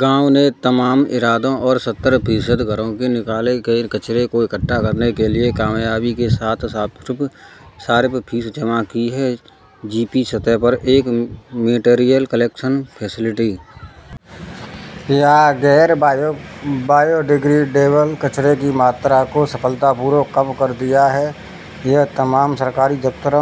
گاؤں نے تمام اداروں اور سَتر فیصد گھروں سے نکالے گئے کچرے کو اکٹھا کرنے کے لیے کامیابی کے ساتھ صارف فیس جمع کی ہے جی پی سطح پر ایک مٹیریل کلیکشن فیسلٹی یا غیر بایو ڈیگریڈیبل کچرے کی مقدار کو کامیابی کے ساتھ کم کر دیا ہے وہ تمام سرکاری دفاتر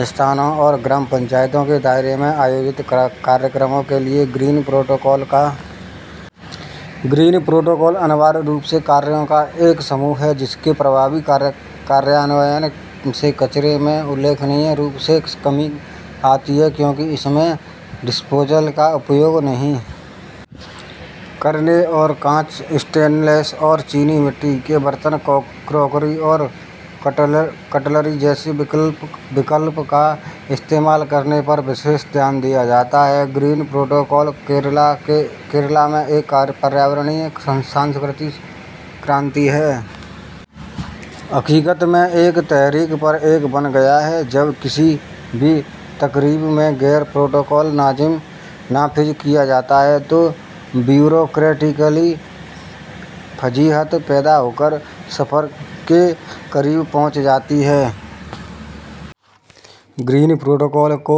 اداروں اور گرام پنچایت کے دائرے میں منعقدہ پروگراموں کے لیے گرین پروٹوکول کا مؤثر نفاذ ہے گرین پروٹوکول لازمی طور پر اقدامات کا ایک سیٹ ہے جس کے نفاذ سے کچرے میں خاطر خواہ طور پر کمی آتی ہے کیونکہ اس میں ڈسپوزل کا استعمال نہ کرنے اور کانچ اسٹین لیس اور چینی مٹی کے برتن کراکری اور کٹلری جیسے متبادل کا استعمال کرنے پر خصوصی توجہ دی جاتی ہے گرین پروٹوکول کیرالا میں ایک ماحولیاتی ثقافتی انقلاب ہے حقیقی طور پر ایک تحریک بن گیا ہے جب کسی بھی تقریب میں گرین پروٹوکول نافذ کیا جاتا ہے تو غیر بایو ڈیگریڈیبل فضلہ پیداوار صفر کے قریب پہنچ جاتی ہے اس لیے گرین پروٹوکول کو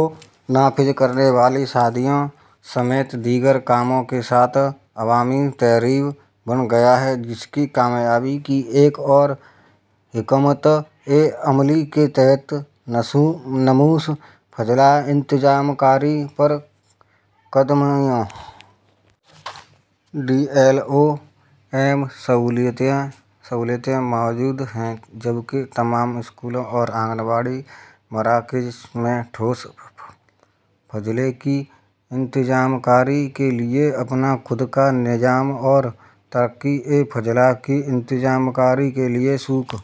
نافذ کرنے والی شادیوں سمیت دیگر کاموں کے ساتھ عوامی تحریک بن گیا ہے اس کی کامیابی کی ایک اور حکمت عملی کے تحت ٹھوس فضلہ انتظام کاری پہل قدمیوں ڈبلیو ایم سہولتیں موجود ہیں جبکہ تمام اسکولوں اور آنگن واڑی مراکز میں ٹھوس فضلہ کی انتظام کاری کے لیے اپنا خود کا نظام اور رقیق فضلے کی انتظام کاری کے لیے سوک